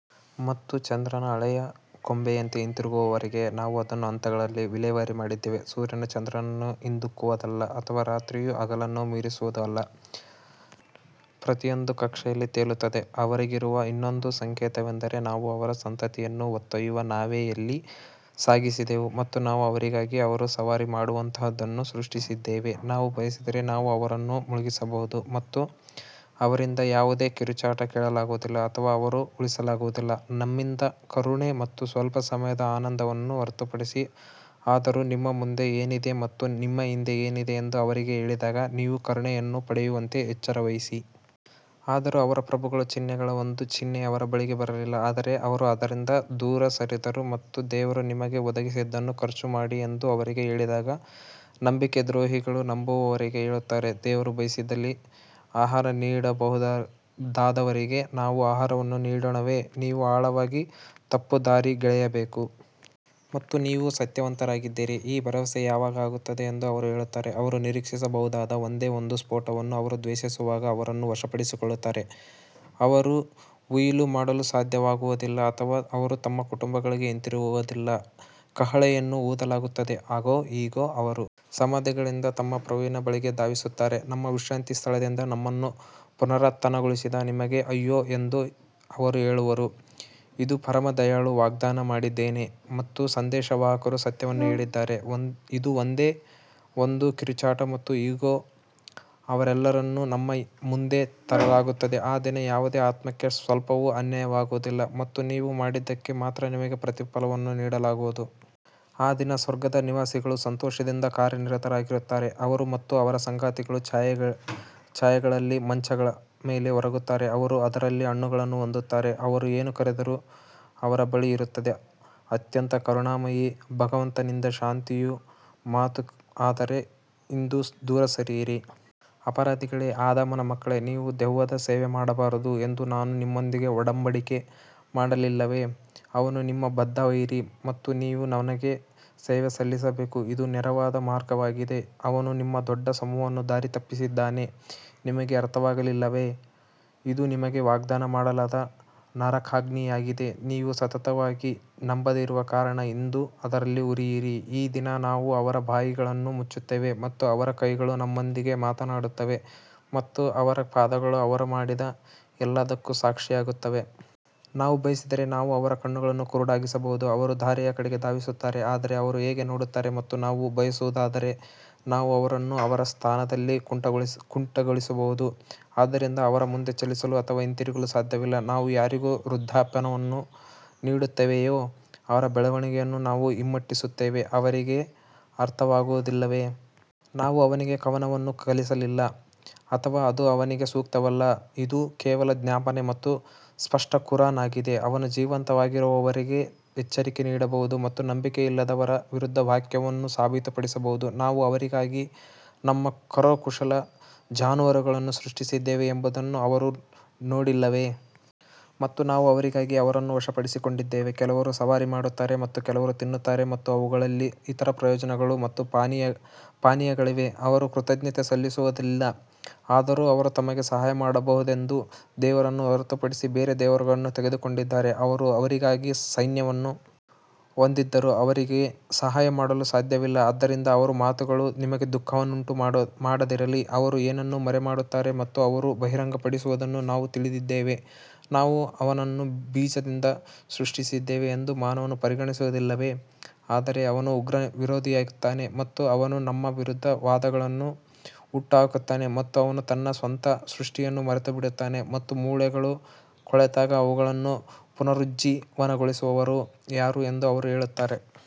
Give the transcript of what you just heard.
ಮತ್ತು ಚಂದ್ರನು ಹಳೆಯ ಕೊಂಬೆಯಂತೆ ಹಿಂತಿರುಗುವವರೆಗೆ ನಾವು ಅದನ್ನು ಹಂತಗಳಲ್ಲಿ ವಿಲೇವಾರಿ ಮಾಡಿದ್ದೇವೆ ಸೂರ್ಯನು ಚಂದ್ರನನ್ನು ಹಿಂದಿಕ್ಕುವುದಲ್ಲ ಅಥವಾ ರಾತ್ರಿಯು ಹಗಲನ್ನು ಮೀರಿಸುವುದು ಅಲ್ಲ, ಪ್ರತಿಯೊಂದೂ ಕಕ್ಷೆಯಲ್ಲಿ ತೇಲುತ್ತದೆ ಅವರಿಗಿರುವ ಇನ್ನೊಂದು ಸಂಕೇತವೆಂದರೆ ನಾವು ಅವರ ಸಂತತಿಯನ್ನು ಹೊತ್ತೊಯ್ಯುವ ನಾವೆಯಲ್ಲಿ ಸಾಗಿಸಿದೆವು ಮತ್ತು ನಾವು ಅವರಿಗಾಗಿ ಅವರು ಸವಾರಿ ಮಾಡುವಂತಹದನ್ನು ಸೃಷ್ಟಿಸಿದ್ದೇವೆ ನಾವು ಬಯಸಿದರೆ, ನಾವು ಅವರನ್ನು ಮುಳುಗಿಸಬಹುದು ಮತ್ತು ಅವರಿಂದ ಯಾವುದೇ ಕಿರುಚಾಟ ಕೇಳಲಾಗುವುದಿಲ್ಲ ಅಥವಾ ಅವರು ಉಳಿಸಲಾಗುವುದಿಲ್ಲ ನಮ್ಮಿಂದ ಕರುಣೆ ಮತ್ತು ಸ್ವಲ್ಪ ಸಮಯದ ಆನಂದವನ್ನು ಹೊರತುಪಡಿಸಿ ಆದರೂ ನಿಮ್ಮ ಮುಂದೆ ಏನಿದೆ ಮತ್ತು ನಿಮ್ಮ ಹಿಂದೆ ಏನಿದೆ ಎಂದು ಅವರಿಗೆ ಹೇಳಿದಾಗ ನೀವು ಕರುಣೆಯನ್ನು ಪಡೆಯುವಂತೆ ಎಚ್ಚರವಹಿಸಿ. ಆದರೂ ಅವರ ಪ್ರಭುಗಳ ಚಿಹ್ನೆಗಳ ಒಂದು ಚಿಹ್ನೆ ಅವರ ಬಳಿಗೆ ಬರಲಿಲ್ಲ ಆದರೆ ಅವರು ಅದರಿಂದ ದೂರ ಸರಿದರು ಮತ್ತು ದೇವರು ನಿಮಗೆ ಒದಗಿಸಿದ್ದನ್ನು ಖರ್ಚು ಮಾಡಿ ಎಂದು ಅವರಿಗೆ ಹೇಳಿದಾಗ ನಂಬಿಕೆ ದ್ರೋಹಿಗಳು ನಂಬುವವರಿಗೆ ಹೇಳುತ್ತಾರೆ, ದೇವರು ಬಯಸಿದಲ್ಲಿ ಆಹಾರ ನೀಡಬಹುದಾದವರಿಗೆ ನಾವು ಆಹಾರವನ್ನು ನೀಡೋಣವೇ ನೀವು ಆಳವಾಗಿ ತಪ್ಪುದಾರಿಗೆಳೆಯಬೇಕು. ಮತ್ತು ನೀವು ಸತ್ಯವಂತರಾಗಿದ್ದರೆ ಈ ಭರವಸೆ ಯಾವಾಗ ಆಗುತ್ತದೆ ಎಂದು ಅವರು ಹೇಳುತ್ತಾರೆ ಅವರು ನಿರೀಕ್ಷಿಸಬಹುದಾದ ಒಂದೇ ಒಂದು ಸ್ಫೋಟವನ್ನು ಅವರು ದ್ವೇಷಿಸುವಾಗ ಅವರನ್ನು ವಶಪಡಿಸಿಕೊಳ್ಳುತ್ತಾರೆ ಅವರು ಉಯಿಲು ಮಾಡಲು ಸಾಧ್ಯವಾಗುವುದಿಲ್ಲ ಅಥವಾ ಅವರು ತಮ್ಮ ಕುಟುಂಬಗಳಿಗೆ ಹಿಂತಿರುಗುವುದಿಲ್ಲ ಕಹಳೆಯನ್ನು ಊದಲಾಗುತ್ತದೆ ಆಗ ಇಗೋ ಅವರು ಸಮಾಧಿಗಳಿಂದ ತಮ್ಮ ಪ್ರಭುವಿನ ಬಳಿಗೆ ಧಾವಿಸುತ್ತಾರೆ ನಮ್ಮ ವಿಶ್ರಾಂತಿ ಸ್ಥಳದಿಂದ ನಮ್ಮನ್ನು ಪುನರುತ್ಥಾನಗೊಳಿಸಿದ ನಮಗೆ ಅಯ್ಯೋ ಎಂದು ಅವರು ಹೇಳುವರು, ಇದು ಪರಮ ದಯಾಳು ವಾಗ್ದಾನ ಮಾಡಿದ್ದಾನೆ ಮತ್ತು ಸಂದೇಶವಾಹಕರು ಸತ್ಯವನ್ನು ಹೇಳಿದ್ದಾರೆ ಇದು ಒಂದೇ ಒಂದು ಕಿರುಚಾಟ ಮತ್ತು ಇಗೋ ಅವರೆಲ್ಲರನ್ನೂ ನಮ್ಮ ಮುಂದೆ ತರಲಾಗುತ್ತದೆ ಆ ದಿನ ಯಾವುದೇ ಆತ್ಮಕ್ಕೆ ಸ್ವಲ್ಪವೂ ಅನ್ಯಾಯವಾಗುವುದಿಲ್ಲ ಮತ್ತು ನೀವು ಮಾಡಿದ್ದಕ್ಕೆ ಮಾತ್ರ ನಿಮಗೆ ಪ್ರತಿಫಲವನ್ನು ನೀಡಲಾಗುವುದು. ಆ ದಿನ ಸ್ವರ್ಗದ ನಿವಾಸಿಗಳು ಸಂತೋಷದಿಂದ ಕಾರ್ಯನಿರತರಾಗಿರುತ್ತಾರೆ ಅವರು ಮತ್ತು ಅವರ ಸಂಗಾತಿಗಳು ಛಾಯೆಗಳಲ್ಲಿ ಮಂಚಗಳ ಮೇಲೆ ಒರಗುತ್ತಾರೆ ಅವರು ಅದರಲ್ಲಿ ಹಣ್ಣುಗಳನ್ನು ಹೊಂದುತ್ತಾರೆ, ಅವರು ಏನು ಕರೆದರೂ ಅವರ ಬಳಿ ಇರುತ್ತದೆ ಅತ್ಯಂತ ಕರುಣಾಮಯಿ ಭಗವಂತನಿಂದ ಶಾಂತಿಯ ಮಾತು ಆದರೆ ಇಂದು ದೂರ ಸರಿಯಿರಿ ಅಪರಾಧಿಗಳೇ ಆದಾಮನ ಮಕ್ಕಳೇ, ನೀವು ದೆವ್ವದ ಸೇವೆ ಮಾಡಬಾರದು ಎಂದು ನಾನು ನಿಮ್ಮೊಂದಿಗೆ ಒಡಂಬಡಿಕೆ ಮಾಡಲಿಲ್ಲವೇ, ಅವನು ನಿಮ್ಮ ಬದ್ಧ ವೈರಿ ಮತ್ತು ನೀವು ನನಗೆ ಸೇವೆ ಸಲ್ಲಿಸಬೇಕು ಇದು ನೇರವಾದ ಮಾರ್ಗವಾಗಿದೆ ಅವನು ನಿಮ್ಮ ದೊಡ್ಡ ಸಮೂಹವನ್ನು ದಾರಿತಪ್ಪಿಸಿದ್ದಾನೆ ನಿಮಗೆ ಅರ್ಥವಾಗಲಿಲ್ಲವೇ ಇದು ನಿಮಗೆ ವಾಗ್ದಾನ ಮಾಡಲಾದ ನರಕಾಗ್ನಿಯಾಗಿದೆ ನೀವು ಸತತವಾಗಿ ನಂಬದಿರುವ ಕಾರಣ ಇಂದು ಅದರಲ್ಲಿ ಹುರಿಯಿರಿ ಈ ದಿನ ನಾವು ಅವರ ಬಾಯಿಗಳನ್ನು ಮುಚ್ಚುತ್ತೇವೆ ಮತ್ತು ಅವರ ಕೈಗಳು ನಮ್ಮೊಂದಿಗೆ ಮಾತನಾಡುತ್ತವೆ ಮತ್ತು ಅವರ ಪಾದಗಳು ಅವರು ಮಾಡಿದ ಎಲ್ಲದಕ್ಕೂ ಸಾಕ್ಷಿಯಾಗುತ್ತವೆ. ನಾವು ಬಯಸಿದರೆ ನಾವು ಅವರ ಕಣ್ಣುಗಳನ್ನು ಕುರುಡಾಗಿಸಬಹುದು ಅವರು ದಾರಿಯ ಕಡೆಗೆ ಧಾವಿಸುತ್ತಾರೆ ಆದರೆ ಅವರು ಹೇಗೆ ನೋಡುತ್ತಾರೆ ಮತ್ತು ನಾವು ಬಯಸುವುದಾದರೆ ನಾವು ಅವರನ್ನು ಅವರ ಸ್ಥಾನದಲ್ಲಿ ಕುಂಟಗೊಳಿಸಬಹುದು, ಆದ್ದರಿಂದ ಅವರು ಮುಂದೆ ಚಲಿಸಲು ಅಥವಾ ಹಿಂತಿರುಗಲು ಸಾಧ್ಯವಿಲ್ಲ ನಾವು ಯಾರಿಗೆ ವೃದ್ಧಾಪ್ಯವನ್ನು ನೀಡುತ್ತೇವೆಯೋ ಅವರ ಬೆಳವಣಿಗೆಯನ್ನು ನಾವು ಹಿಮ್ಮೆಟ್ಟಿಸುತ್ತೇವೆ ಅವರಿಗೆ ಅರ್ಥವಾಗುವುದಿಲ್ಲವೇ? ನಾವು ಅವನಿಗೆ ಕವನವನ್ನು ಕಲಿಸಲಿಲ್ಲ ಅಥವಾ ಅದು ಅವನಿಗೆ ಸೂಕ್ತವಲ್ಲ, ಇದು ಕೇವಲ ಜ್ಞಾಪನೆ ಮತ್ತು ಸ್ಪಷ್ಟ ಕುರಾನ್ ಆಗಿದೆ ಅವನು ಜೀವಂತವಾಗಿರುವವರಿಗೆ ಎಚ್ಚರಿಕೆ ನೀಡಬಹುದು ಮತ್ತು ನಂಬಿಕೆಯಿಲ್ಲದವರ ವಿರುದ್ಧ ವಾಕ್ಯವನ್ನು ಸಾಬೀತುಪಡಿಸಬಹುದು ನಾವು ಅವರಿಗಾಗಿ ನಮ್ಮ ಕರಕುಶಲ ಜಾನುವಾರುಗಳನ್ನು ಸೃಷ್ಟಿಸಿದ್ದೇವೆ ಎಂಬುದನ್ನು ಅವರು ನೋಡಿಲ್ಲವೇ? ಮತ್ತು ನಾವು ಅವರಿಗಾಗಿ ಅವರನ್ನು ವಶಪಡಿಸಿಕೊಂಡಿದ್ದೇವೆ, ಕೆಲವರು ಸವಾರಿ ಮಾಡುತ್ತಾರೆ ಮತ್ತು ಕೆಲವರು ತಿನ್ನುತ್ತಾರೆ ಮತ್ತು ಅವುಗಳಲ್ಲಿ ಇತರ ಪ್ರಯೋಜನಗಳು ಮತ್ತು ಪಾನೀಯಗಳಿವೆ, ಅವರು ಕೃತಜ್ಞತೆ ಸಲ್ಲಿಸುವುದಿಲ್ಲ ಆದರೂ ಅವರು ತಮಗೆ ಸಹಾಯ ಮಾಡಬಹುದೆಂದು ದೇವರನ್ನು ಹೊರತುಪಡಿಸಿ ಬೇರೆ ದೇವರುಗಳನ್ನು ತೆಗೆದುಕೊಂಡಿದ್ದಾರೆ ಅವರು ಅವರಿಗಾಗಿ ಸೈನ್ಯವನ್ನು ಹೊಂದಿದ್ದರೂ ಅವರಿಗೆ ಸಹಾಯ ಮಾಡಲು ಸಾಧ್ಯವಿಲ್ಲ ಆದ್ದರಿಂದ ಅವರ ಮಾತುಗಳು ನಿಮಗೆ ದುಃಖವನ್ನುಂಟು ಮಾಡದಿರಲಿ, ಅವರು ಏನನ್ನು ಮರೆಮಾಡುತ್ತಾರೆ ಮತ್ತು ಅವರು ಬಹಿರಂಗಪಡಿಸುವುದನ್ನು ನಾವು ತಿಳಿದಿದ್ದೇವೆ ನಾವು ಅವನನ್ನು ಬೀಜದಿಂದ ಸೃಷ್ಟಿಸಿದ್ದೇವೆ ಎಂದು ಮಾನವನು ಪರಿಗಣಿಸುವುದಿಲ್ಲವೇ ಆದರೆ ಅವನು ಉಗ್ರ ವಿರೋಧಿಯಾಗುತ್ತಾನೆ ಮತ್ತು ಅವನು ನಮ್ಮ ವಿರುದ್ಧ ವಾದಗಳನ್ನು ಹುಟ್ಟುಹಾಕುತ್ತಾನೆ ಮತ್ತು ಅವನು ತನ್ನ ಸ್ವಂತ ಸೃಷ್ಟಿಯನ್ನು ಮರೆತುಬಿಡುತ್ತಾನೆ ಮತ್ತು ಮೂಳೆಗಳು ಕೊಳೆತಾಗ ಅವುಗಳನ್ನು ಪುನರುಜ್ಜೀವನಗೊಳಿಸುವವರು ಯಾರು ಎಂದು ಅವರು ಹೇಳುತ್ತಾರೆ.